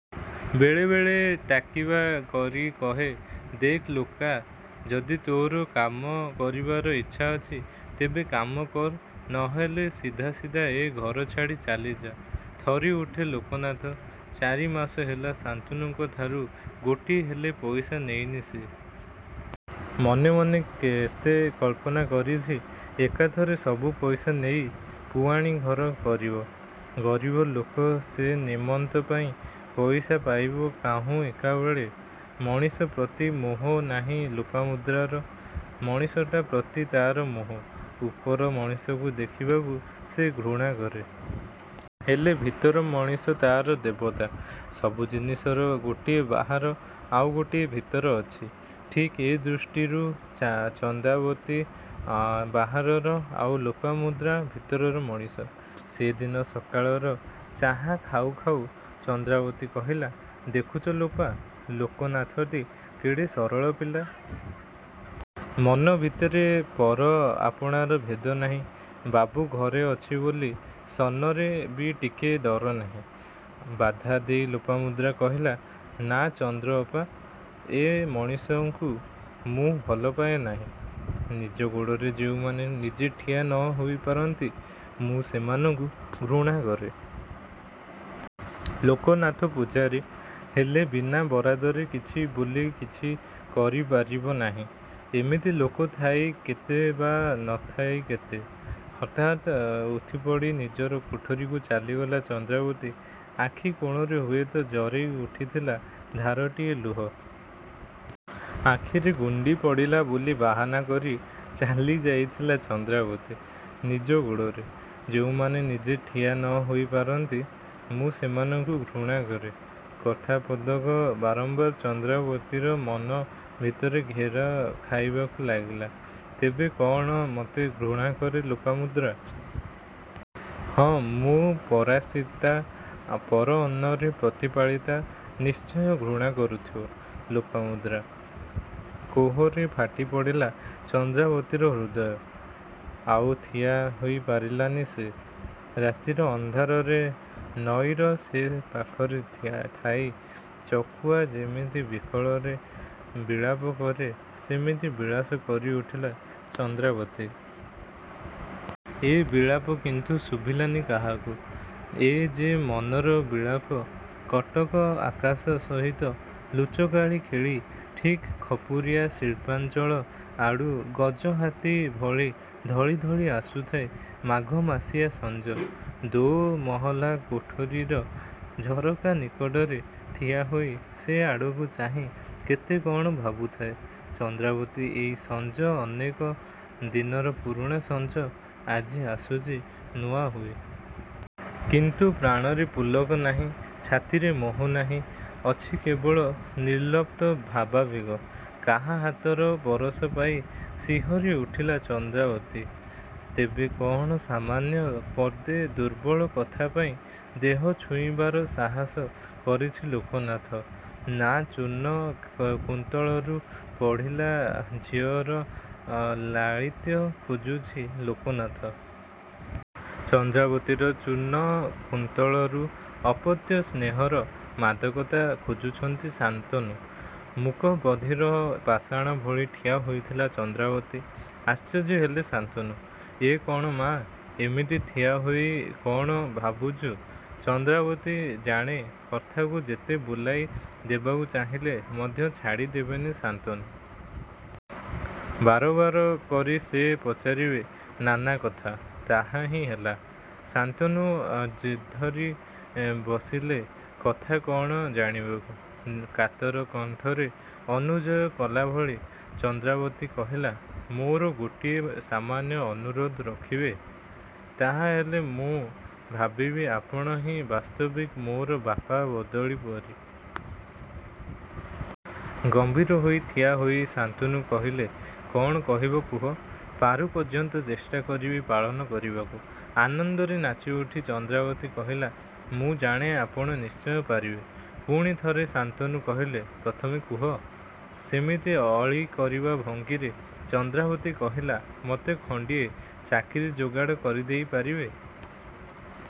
ବେଳେ ବେଳେ ତାକିବା କରି କହେ-''ଦେଖ୍ ଲୋକା! ଯଦି ତୋର କାମ କରିବାର ଇଚ୍ଛା ଅଛି ତେବେ କାମ କର ନ ହେଲେ ସିଧା ସିଧା ଏ ଘର ଛାଡ଼ି ଚାଲିଯା '' ଥରିଉଠେ ଲୋକନାଥ ଚାରି ମାସ ହେଲା ଶାନ୍ତନୁଙ୍କଠାରୁ ଗୋଟିଏ ହେଲେ ପଇସା ନେଇନି ସେ। ମନେ ମନେ କେତେ କଳ୍ପନା କରିଛି- ଏକାଥରେ ସବୁ ପଇସା ନେଇ ପୁଆଣୀ ଘର କରିବ। ଗରିବ ଲୋକ ସେ ନିମନ୍ତ ପାଇଁ ପଇସା ପାଇବ କାହୁଁ ଏକାବେଳେ। ମଣିଷ ପ୍ରତି ମୋହ ନାହିଁ ଲୋପାମୁଦ୍ରାର। ମଣିଷତା ପ୍ରତି ତା'ର ମୋହ। ଉପର ମଣିଷକୁ ଦେଖିବାକୁ ସେ ଘୃଣା କରେ। ହେଲେ ଭିତର ମଣିଷ ତା'ର ଦେବତା। ସବୁ ଜିନିଷର ଗୋଟିଏ ବାହାର ଆଉ ଗୋଟିଏ ଭିତର ଅଛି। ଠିକ୍ ଏ ଦୃଷ୍ଟିରୁ ଚନ୍ଦାବତୀ ବାହାରର ଆଉ ଲୋପାମୁଦ୍ରା ଭିତରର ମଣିଷ। ସେଦିନ ସକାଳର ଚାହା ଖାଉ ଖାଉ ଚନ୍ଦ୍ରାବତୀ କହିଲା ଦେଖୁଛ ଲୋପା! ଲୋକନାଥଟି କେଡ଼େ ସରଳ ପିଲା। ମନ ଭିତରେ ପର ଆପଣାର ଭେଦ ନାହିଁ। ବାବୁ ଘରେ ଅଛି ବୋଲି ସନରେ ବି ଟିକେ ଡର ନାହିଁ। ବାଧା ଦେଇ ଲୋପାମୁଦ୍ରା କହିଲା-''ନାଁ ଚନ୍ଦ୍ରାଅପା! ଏ ମଣିଷଙ୍କୁ ମୁଁ ଭଲପାଏ ନାହିଁ-। ନିଜ ଗୋଡ଼ରେ ଯେଉଁମାନେ ନିଜେ ଠିଆ ନ ହୋଇ ପାରନ୍ତି ମୁଁ ସେମାନଙ୍କୁ ଘୃଣା କରେ-। ଲୋକନାଥ ପୂଝାରୀ। ହେଲେ ବିନା ବରାଦରେ କିଛି ବୋଲି କିଛି କରି ପାରିବ ନାହିଁ। ଏମିତି ଲୋକ ଥାଇ କେତେ ବା ନ ଥାଇ କେତେ? '' ହଠାତ୍ ଉଠିପଡ଼ି ନିଜର କୋଠରୀକୁ ଚାଲିଗଲା ଚନ୍ଦ୍ରାବତୀ। ଆଖି କୋଣରେ ହୁଏତ ଜରେଇ ଉଠିଥିଲା ଧାରଟିଏ ଲୁହ। ଆଖିରେ ଗୁଣ୍ତି ପଡ଼ିଲା ବୋଲି ବାହାନା କରି ଚାଲି ଯାଇଥିଲା ଚନ୍ଦ୍ରାବତୀ। ''ନିଜ ଗୋଡ଼ରେ। ଯେଉଁମାନେ ନିଜେ ଠିଆ ନ ହୋଇ ପାରନ୍ତି ମୁଁ ସେମାନଙ୍କୁ ଘୃଣା କରେ। '' କଥା ପଦକ ବାରମ୍ୱାର ଚନ୍ଦ୍ରାବତୀର ମନ ଭିତରେ ଘେରଖାଇବାକୁ ଲାଗିଲା। ତେବେ କ'ଣ ମୋତେ ଘୃଣା କରେ ଲୋପାମୁଦ୍ରା? ହଁ ମୁଁ ପରାଶ୍ରିତା ପର ଅନ୍ନରେ ପ୍ରତିପାଳିତା ନିଶ୍ଚୟ ଘୃଣା କରୁଥିବ ଲୋପାମୁଦ୍ରା। କୋହରେ ଫାଟି ପଡ଼ିଲା ଚନ୍ଦ୍ରାବତୀର ହୃଦୟ। ଆଉ ଠିଆ ହୋଇ ପାରିଲାନି ସେ। ରାତିର ଅନ୍ଧାରରେ ନଈର ସେପାଖରେ ଥାଇ ଚକୁଆ ଯେମିତି ବିକଳରେ ବିଳାପ କରେ-ସେମିତି ବିଳାସ କରି ଉଠିଲା ଚନ୍ଦ୍ରାବତୀ। ଏ ବିଳାପ କିନ୍ତୁ ଶୁଭିଲାନି ଅନ୍ୟକୁ। ଏ ଯେ ମନର ବିଳାପ। କଟକ ଆକାଶ ସହିତ ଲୁଚକାଳି ଖେଳି ଠିକ୍ ଖପୁରିଆ ଶିଳ୍ପାଞ୍ଚଳ ଆଡ଼ୁ ଗଜହାତୀ ଭଳି ଢଳି ଢଳି ଆସୁଥାଏ ମାଘମାସିଆ ସଞ୍ଜ। ଦୋ' ମହାଲା କୋଠରୀର ଝରକା ନିକଟରେ ଠିଆ ହୋଇ ସେ ଆଡ଼କୁ ଚାହିଁ କେତେ କ'ଣ ଭାବୁଥାଏ ଚନ୍ଦ୍ରାବତୀ ଏଇ ସଞ୍ଜ ଅନେକ ଦିନର ପୁରୁଣା ସଞ୍ଜ ଆଜି ଆସୁଛି ନୂଆ ହେଇ। କିନ୍ତୁ ପ୍ରାଣରେ ପୁଲକ ନାହିଁ ଛାତିରେ ମୋହ ନାହିଁ ଅଛି କେବଳ ନିର୍ଲପ୍ତ ଭାବାବେଗ। କାହା ହାତର ପରଶ ପାଇ ଶିହରି ଉଠିଲା ଚନ୍ଦାବତୀ। ତେବେ କ'ଣ ସାମାନ୍ୟ ପଦେ ଦୁର୍ବଳ କଥା ପାଇଁ ଦେହ ଛୁଇଁବାର ସାହସ କରିଛି ଲୋକନାଥ? ନାଁ ଚୂର୍ଣ୍ଣ କୁନ୍ତଳରୁ ବଢ଼ିଲା ଝିଅର ଲାଳିତ୍ୟ ଖୋଜୁଛି ଲୋକନାଥ। ଚନ୍ଦ୍ରାବତୀର ଚୂର୍ଣ୍ଣକୁନ୍ତଳରୁ ଅପତ୍ୟ ସ୍ନେହର ମାଦକତା ଖୋଜୁଛନ୍ତି ଶାନ୍ତନୁ ମୂକ ବଧୀର ପାଷାଣ ଭଳି ଠିଆ ହୋଇଥିଲା ଚନ୍ଦ୍ରାବତୀ ଆଶ୍ଚର୍ଯ୍ୟ ହେଲେ ଶାନ୍ତୁନୁ ଏ କ'ଣ ମା, ଏମିତି ଠିଆ ହୋଇ କ'ଣ ଭାବୁଛୁ? ଚନ୍ଦ୍ରାବତୀ ଜାଣେ କଥାକୁ ଯେତେ ବୁଲାଇ ଦେବାକୁ ଚାହିଁଲେ ମଧ୍ୟ ଛାଡ଼ି ଦେବେନି ଶାନ୍ତନୁ। ବାରବାର କରି ସେ ପଚାରିବେ ନାନା କଥା। ତାହା ହିଁ ହେଲା। ଶାନ୍ତନୁ ଜିଦ୍ଧରି ବସିଲେ କଥା କ'ଣ ଜାଣିବାକୁ। କାତର କଣ୍ଠରେ ଅନୁଜୟ କଲାଭଳି ଚନ୍ଦ୍ରାବତୀ କହିଲା-''ମୋର ଗୋଟିଏ ସାମାନ୍ୟ ଅନୁରୋଧ ରଖିବେ? ତାହାହେଲେ ମୁଁ ଭାବିବି ଆପଣ ହିଁ ବାସ୍ତବିକ୍ ମୋର ବାପା ବଦଳି ବାପା। '' ଗମ୍ଭୀର ହୋଇ ଠିଆ ହୋଇ ଶାନ୍ତନୁ କହିଲେ-କ'ଣ କହିବ କୁହ ପାରୁ ପର୍ଯ୍ୟନ୍ତ ଚେଷ୍ଟା କରିବି ପାଳନ କରିବାକୁ। ଆନନ୍ଦରେ ନାଚିଉଠି ଚନ୍ଦ୍ରାବତୀ କହିଲା-''ମୁଁ ଜାଣେ ଆପଣ ନିଶ୍ଚୟ ପାରିବେ। '' ପୁଣି ଥରେ ଶାନ୍ତନୁ କହିଲେ-''ପ୍ରଥମେ କୁହ '' ସେମିତି ଅଳି କରିବା ଭଙ୍ଗୀରେ ଚନ୍ଦ୍ରାବତୀ କହିଲା-''ମୋତେ ଖଣ୍ଡିଏ ଚାକିରୀ ଯୋଗାଡ଼ କରିଦେଇ ପାରିବେ?